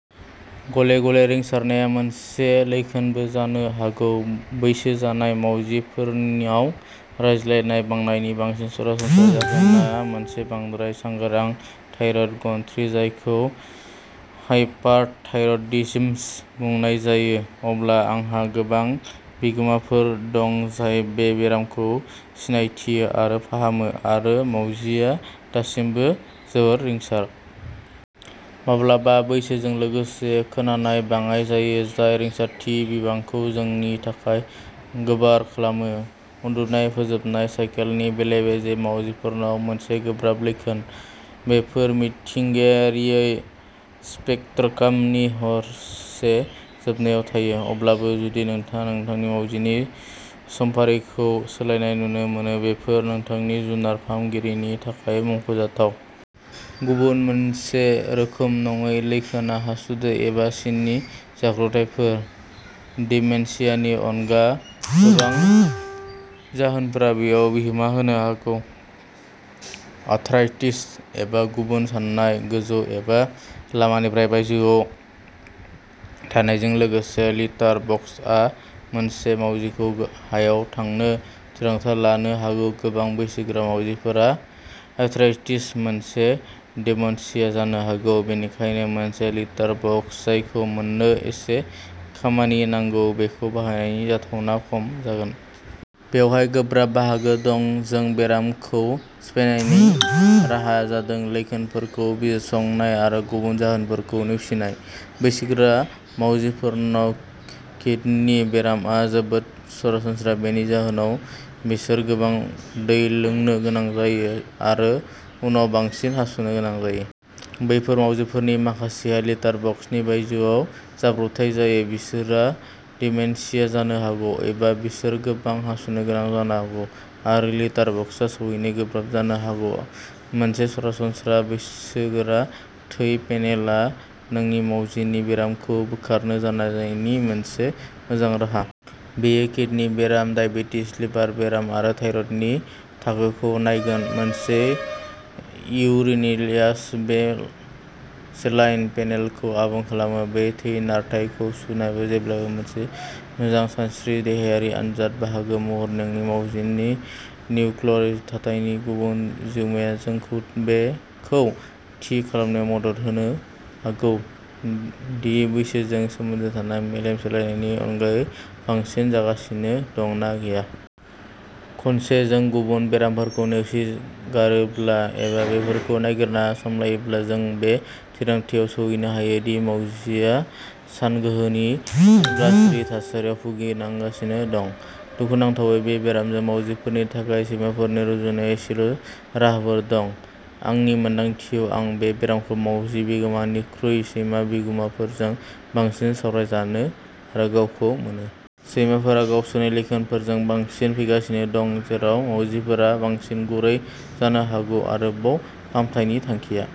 गले-गले। रिंसारनाया मोनसे लैखोनबो जानो हागौ। बैसो जानाय मावजिफोरनाव रायज्लायनाय बांनायनि बांसिन सरासनस्रा जाहोना मोनसे बांद्राय सांग्रां थायरइड ग्रन्थि, जायखौ हाइपारथायरयिडिज्म बुंनाय जायो। अब्लाबो, आंहा गोबां बिगोमाफोर दं जाय बे बेरामखौ सिनायथियो आरो फाहामो, आरो मावजिआ दासिमबो जोबोद रिंसार। माब्लाबा, बैसोजों लोगोसे खोनानायआ बाङाइ जायो, जाय रिंसारथिनि बिबांखौ जोंनि थाखाय गोबार खालामो। उन्दुनाय फोजानाय साइकेलनि बेले-बेजेफोरा मावजिफोरनाव मोनसे गोब्राब लैखोन। बेफोर मिथिंगायारियै स्पेकट्रामनि हरसे जोबनायाव थायो। अब्लाबो, जुदि नोंथाङा नोंथांनि मावजिनि समफारिखौ सोलायनाय नुनो मोनो बेफोरो नोंथांनि जुनार फाहामगिरिनि थाखायबो मुंख'जाथाव। गुबुन मोनसे रोखा नङै लैखोनआ हासुदै एबा खिनि जाब्रबथायफोर। डिमेनशियानि अनगा गोबां जाहोनफोरा बेयाव बिहोमा होनो हागौ। आर्थराइटिस एबा गुबुन सानाय, गोजौ एबा लामानिफ्राय बायजोआव थानायजों लोगोसे। लिटार बक्सआ मासे मावजिखौ हायाव थांनो थिरांथा लानो हागौ गोबां बैसोगोरा मावजिफोरा आर्थराइटिस आरो डिमेनशिया जानो हागौ, बेनिखायनो मोनसे लिटार बक्स जायखौ मोननो एसे खामानि नांगौ, बेखौ बाहायनायनि जाथावनाया खम जागोन। बेवहाय गोब्राब बाहागो दं। जों बे बेरामखौ सिनायनायनि राहाया जादों लैखोनफोरखौ बिजिरसंनाय आरो गुबुन जाहोनफोरखौ नेवसिनाय। बैसोगोरा मावजिफोरनाव, किडनि बेराम आ जोबोद सरासनस्रा। बेनि जाहोनाव बिसोरो गोबां दै लोंनो गोनां जायो, आरो उनाव बांसिन हासुनो गोनां जायो। बेफोर मावजिफोरनि माखासेहा लिटार बक्सनि बायजोआव जाब्रबथाय जायो। बिसोरहा डिमेनशिया जानो हागौ, एबा बिसोरो गोबां हासुनो गोनां जानो हागौ, आरो लिटार बक्सआ सौहैनो गोब्राब जानो हागौ मोनसे सरासनस्रा बैसोगोरा थै पेनेलआ नोंनि मावजिनि बेरामफोरखौ बोखारनो जागायनायनि मोनसे मोजां राहा। बेयो किडनि बेराम, दाइबेटिस, लिभार बेराम आरो थाइरयडनि थाखोखौ नायगोन। मोनसे इउरिनालाइसिसआ बे बेसलाइन पेनेलखौ आबुं खालामो, आरो थै नारथायखौ सुनायाबो जेब्लाबो मोनसे मोजां सानस्रि। देहायारि आनजादनि बाहागो महरै नोंनि मावजिनि निउर'ल'जिक थाथायनि आबुं बिजिरनाया जोंखौ बेखौ थि खालामनायाव मदद होनो हागौ दि बैसोजों सोमोन्दो थानाय मेलेम सोलायनायफोरनि अनगायै बांसिन जागासिनो दं ना गैया। खनसे जों गुबुन बेरामफोरखौ नेवसिगारोब्ला, एबा बेफोरखौ नागिरना सामलायोब्ला, जों बे थिरांथायाव सौहैनो हायो दि मावजिआ सानगोहोनि गाज्रि थासारियाव भुगिगासिनो दं। दुखुनांथावै, बे बेरामजों मावजिफोरनि थाखाय सैमाफोरनि रुजुनायाव एसेल' राहाफोर दं। आंनि मोन्दांथियाव, आं बे बेरामखौ मावजि बिगोमाफोरनिख्रुइ सैमा बिगोमाफोरजों बांसिन सावरायजायो आरो गावखौ मोनो। सैमाफोरा गावसोरनि लैखोनफोरजों बांसिन फैगासिनो दं जेराव मावजिफोरा बांसिन गुरै जानो हागौ। आरोबाव, फाहामथायनि थांखिया।